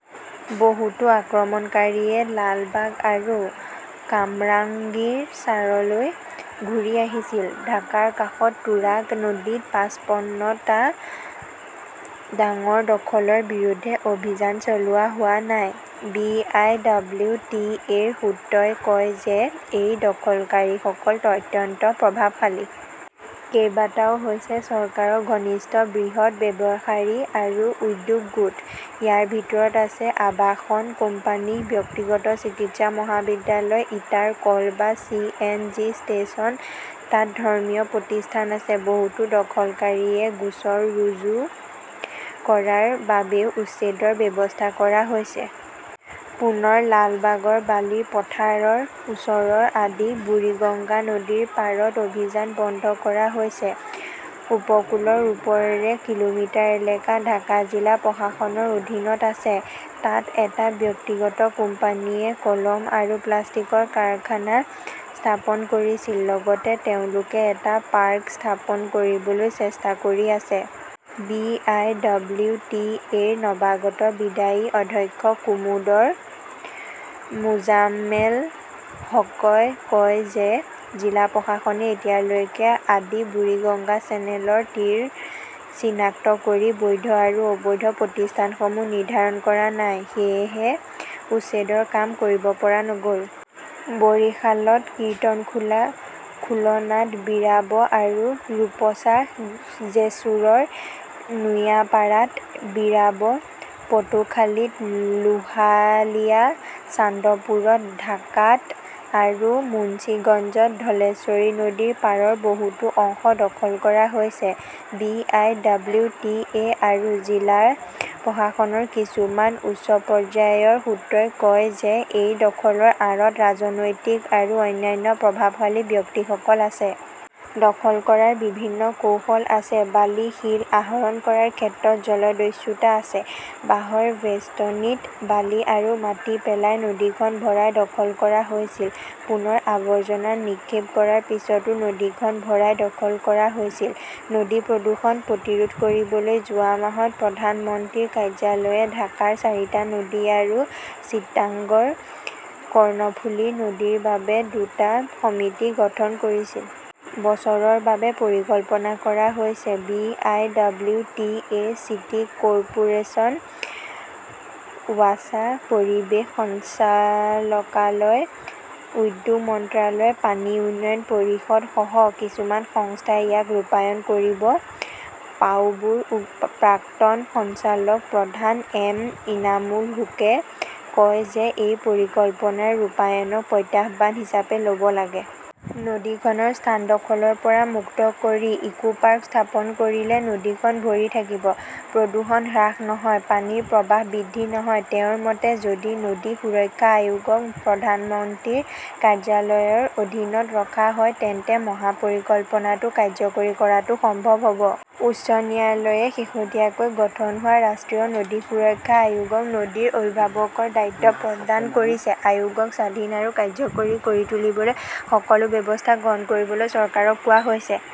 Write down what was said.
বহুতো আক্ৰমণকাৰীয়ে লালবাগ আৰু কামৰাংগীৰচাৰলৈ ঘূৰি আহিছিল। ঢাকাৰ কাষত তুৰাগ নদীত পাছপন্ন টা ডাঙৰ দখলৰ বিৰুদ্ধে অভিযান চলোৱা হোৱা নাই। B. I. W. T. A. -ৰ সূত্ৰই কয় যে এই দখলকাৰীসকল অত্যন্ত প্ৰভাৱশালী। কেইবাটাও হৈছে চৰকাৰৰ ঘনিষ্ঠ বৃহৎ ব্যৱসায়ী আৰু উদ্যোগ গোট। ইয়াৰ ভিতৰত আছে আবাসন কোম্পানী, ব্যক্তিগত চিকিৎসা মহাবিদ্যালয়, ইটাৰ কল বা চি. এন. জি. ষ্টেচন। তাত ধৰ্মীয় প্ৰতিষ্ঠান আছে। বহুতো দখলকাৰীয়ে গোচৰ ৰুজু কৰাৰ বাবেও উচ্ছেদৰ ব্যৱস্থা কৰা হৈছে। পুনৰ লালবাগৰ বালিৰ পথাৰৰ ওচৰৰ আদি বুৰিগঙ্গা নদীৰ পাৰত অভিযান বন্ধ কৰা হৈছে। উপকূলৰ ওপৰেৰে কিলোমিটাৰ এলেকা ঢাকা জিলা প্ৰশাসনৰ অধীনত আছে। তাত এটা ব্যক্তিগত কোম্পানীয়ে কলম আৰু প্লাষ্টিকৰ কাৰখানা স্থাপন কৰিছিল। লগতে তেওঁলোকে এটা পাৰ্ক স্থাপন কৰিবলৈ চেষ্টা কৰি আছে। B. I. W. T. A. -ৰ নৱাগত বিদায়ী অধ্যক্ষ কমোডাৰ মোজাম্মেল হকই কয় যে জিলা প্ৰশাসনে এতিয়ালৈকে আদি বুৰিগঙ্গা চেনেলৰ তীৰ চিনাক্ত কৰি বৈধ আৰু অবৈধ প্ৰতিষ্ঠানসমূহ নিৰ্ধাৰণ কৰা নাই। সেয়েহে উচ্ছেদৰ কাম কৰিব পৰা নগ "ল। বৰিশালত কিৰ্তনখোলা, খুলনাত বীৰাব আৰু ৰূপছা, জেছুৰৰ নোয়াপাড়াত বীৰাব, পটুখালীত লোহালিয়া, চান্দপুৰত ডাকাত আৰু মুন্সিগঞ্জত ধলেশ্বৰী নদীৰ পাৰৰ বহুতো অংশ দখল কৰা হৈছে। B. I. W. T. A. আৰু জিলা প্ৰশাসনৰ কিছুমান উচ্চ পৰ্যায়ৰ সূত্ৰই কয় যে এই দখলৰ আঁৰত ৰাজনৈতিক আৰু অন্যান্য প্ৰভাৱশালী ব্যক্তিসকল আছে। দখল কৰাৰ বিভিন্ন কৌশল আছে। বালি-শিল আহৰণ কৰাৰ ক্ষেত্ৰত জলদস্যুতা আছে। বাঁহৰ বেষ্টনীত বালি আৰু মাটি পেলাই নদীখন ভৰাই দখল কৰা হৈছিল। পুনৰ আৱৰ্জনা নিক্ষেপ কৰাৰ পিছতো নদীখন ভৰাই দখল কৰা হৈছিল। নদী প্ৰদূষণ প্ৰতিৰোধ কৰিবলৈ যোৱা মাহত প্ৰধানমন্ত্ৰীৰ কাৰ্যালয়ে ঢাকাৰ চাৰিটা নদী আৰু চিটাগংৰ কৰ্ণফুলি নদীৰ বাবে দুটা সমিতি গঠন কৰিছিল। বছৰৰ বাবে পৰিকল্পনা কৰা হৈছে। B. I. W. T. A., city corporation, WASA, পৰিৱেশ সঞ্চালকালয়, উদ্যোগ মন্ত্ৰালয়, পানী উন্নয়ন পৰিষদ সহ কিছুমান সংস্থাই ইয়াক ৰূপায়ণ কৰিব। পাউবোৰ প্ৰাক্তন সঞ্চালক প্ৰধান এম ইনামুল হুকে কয় যে এই পৰিকল্পনাৰ ৰূপায়ণক প্ৰত্যাহ্বান হিচাপে ল'ব লাগে। নদীখনৰ স্থান দখলৰ পৰা মুক্ত কৰি ইকোপাৰ্ক স্থাপন কৰিলে নদীখন ভৰি থাকিব। প্ৰদূষণ হ্ৰাস নহয়, পানীৰ প্ৰৱাহ বৃদ্ধি নহয়। তেওঁৰ মতে, যদি নদী সুৰক্ষা আয়োগক প্ৰধানমন্ত্ৰীৰ কাৰ্যালয়ৰ অধীনত ৰখা হয় তেন্তে মহা পৰিকল্পনাটো কাৰ্যকৰী কৰাটো সম্ভৱ হ 'ব। উচ্চ ন্যায়ালয়ে শেহতীয়াকৈ গঠন হোৱা ৰাষ্ট্ৰীয় নদী সুৰক্ষা আয়োগক নদীৰ অভিভাৱকৰ দায়িত্ব প্ৰদান কৰিছে। আয়োগক স্বাধীন আৰু কাৰ্যকৰী কৰি তুলিবলৈ সকলো ব্যৱস্থা গ্ৰহণ কৰিবলৈ চৰকাৰক কোৱা হৈছে।